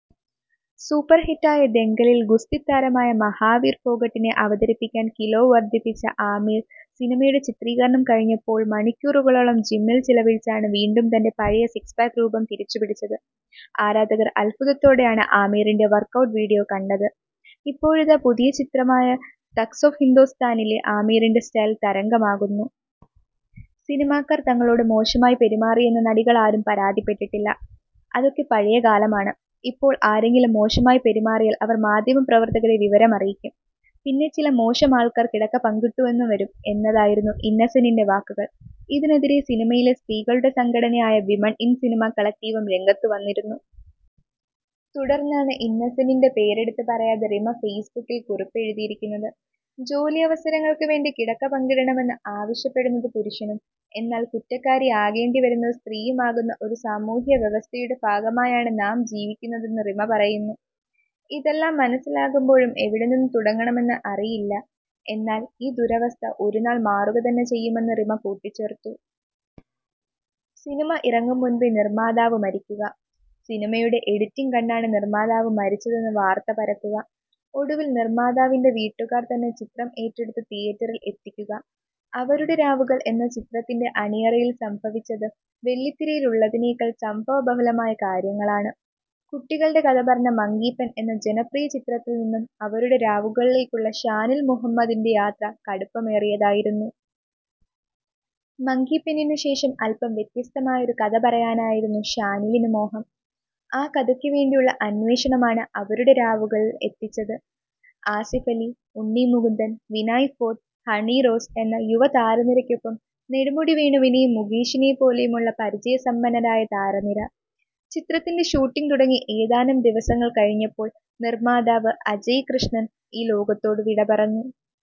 Super ഹിറ്റായ ദംഗലില് ഗുസ്തിതാരമായ മഹാവീര് ഫോഗട്ടിനെ അവതരിപ്പിക്കാന് കിലോ വര്ധിപ്പിച്ച ആമിര് സിനിമയുടെ ചിത്രീകരണം കഴിഞ്ഞപ്പോള് മണിക്കൂറുകളോളം ജിമ്മില് ചിലവഴിച്ചാണ് വീണ്ടും തന്റെ പഴയ സിക്സ് പാക്ക് രൂപം തിരിച്ചുപിടിച്ചത്. ആരാധകര് അത്ഭുതത്തോടെയാണ് ആമിറിന്റെ വര്ക്കൗട്ട് വീഡിയോ കണ്ടത്. ഇപ്പോഴിതാ പുതിയ ചിത്രമായ തഗ്സ് ഓഫ് ഹിന്ദോസ്ഥാനിലെ ആമീറിന്റെ സ്റ്റൈല് തരംഗമാകുന്നു. സിനിമാക്കാര് തങ്ങളോട് മോശമായി പെരുമാറിയെന്ന് നടികളാരും പരാതിപ്പെട്ടിട്ടില്ല. അതൊക്കെ പഴയ കാലമാണ്. ഇപ്പോള് ആരെങ്കിലും മോശമായി പെരുമാറിയാല് അവര് മാധ്യമ പ്രവര്ത്തകരെ വിവരം അറിയിക്കും. പിന്നെ ചില മോശം ആള്ക്കാര് കിടക്ക പങ്കിട്ടെന്നു വരും എന്നതായിരുന്നു ഇന്നസെന്റിന്റെ വാക്കുകള്. ഇതിനെതിരെ സിനിമയിലെ സ്ത്രീകളുടെ സംഘടനയായ വിമെന് ഇന് സിനിമ കളക്ടീവും രംഗത്ത് വന്നിരുന്നു. തുടര്ന്നാണ് ഇന്നസെന്റിന്റെ പേരെടുത്ത് പറയാതെ റിമ ഫെയ്സ്ബുക്കില് കുറിപ്പെഴുതിയിരിക്കുന്നത്. ജോലി അവസരങ്ങള്ക്ക് വേണ്ടി കിടക്ക പങ്കിടണമെന്ന് ആവശ്യപ്പെടുന്നത് പുരുഷനും എന്നാല് കുറ്റക്കാരിയാകേണ്ടി വരുന്നത് സ്ത്രീയുമാകുന്ന ഒരു സമൂഹ്യ വ്യവസ്ഥയുടെ ഭാഗമായാണ് നാം ജീവിക്കുന്നതെന്ന് റിമ പറയുന്നു. ഇതെല്ലാം മനസ്സിലാകുമ്പോഴും എവിടെ നിന്ന് തുടങ്ങണമെന്ന് അറിയില്ല. എന്നാല് ഈ ദുരവസ്ഥ ഒരു നാള് മാറുക തന്നെ ചെയ്യുമെന്ന് റിമ കൂട്ടിച്ചേര്ത്തു. സിനിമ ഇറങ്ങും മുൻപേ നിർമാതാവ് മരിക്കുക. സിനിമയുടെ എഡിറ്റിങ് കണ്ടാണ് നിർമാതാവ് മരിച്ചതെന്ന് വാർത്ത പരക്കുക. ഒടുവിൽ നിർമാതാവിന്റെ വീട്ടുകാർ തന്നെ ചിത്രം ഏറ്റെടുത്ത് തിയേറ്ററിൽ എത്തിക്കുക. അവരുടെ രാവുകൾ എന്ന ചിത്രത്തിന്റെ അണിയറയിൽ സംഭവിച്ചത് വെള്ളിത്തിരയിലുള്ളതിനേക്കാൾ സംഭവബഹുലമായ കാര്യങ്ങളാണ്. കുട്ടികളുടെ കഥ പറഞ്ഞ മങ്കിപെൻ എന്ന ജനപ്രിയ ചിത്രത്തിൽ നിന്നും അവരുടെ രാവുകളിലേയ്ക്കുള്ള ഷാനിൽ മുഹമ്മദിന്റെ യാത്ര കടുപ്പമേറിയതായിരുന്നു. മങ്കിപെന്നിനുശേഷം അല്പം വ്യത്യസ്തമായൊരു കഥ പറയാനായിരുന്നു ഷാനിലിന് മോഹം. ആ കഥയ്ക്കു വേണ്ടിയുള്ള അന്വേഷണമാണ് അവരുടെ രാവുകളില് എത്തിച്ചത്. ആസിഫ് അലി, ഉണ്ണി മുകുന്ദന്, വിനയ് ഫോര്ട്ട്, ഹണി റോസ് എന്ന യുവതാരനിരയ്ക്കൊപ്പം നെടുമുടി വേണുവിനെയും മുകേഷിനെപ്പോലെയുമുള്ള പരിചയ സമ്പന്നരായ താരനിര. ചിത്രത്തിന്റെ ഷൂട്ടിങ് തുടങ്ങി ഏതാനും ദിവസങ്ങള് കഴിഞ്ഞപ്പോള് നിര്മാതാവ് അജയ് കൃഷ്ണന് ഈ ലോകത്തോട് വിടപറഞ്ഞു.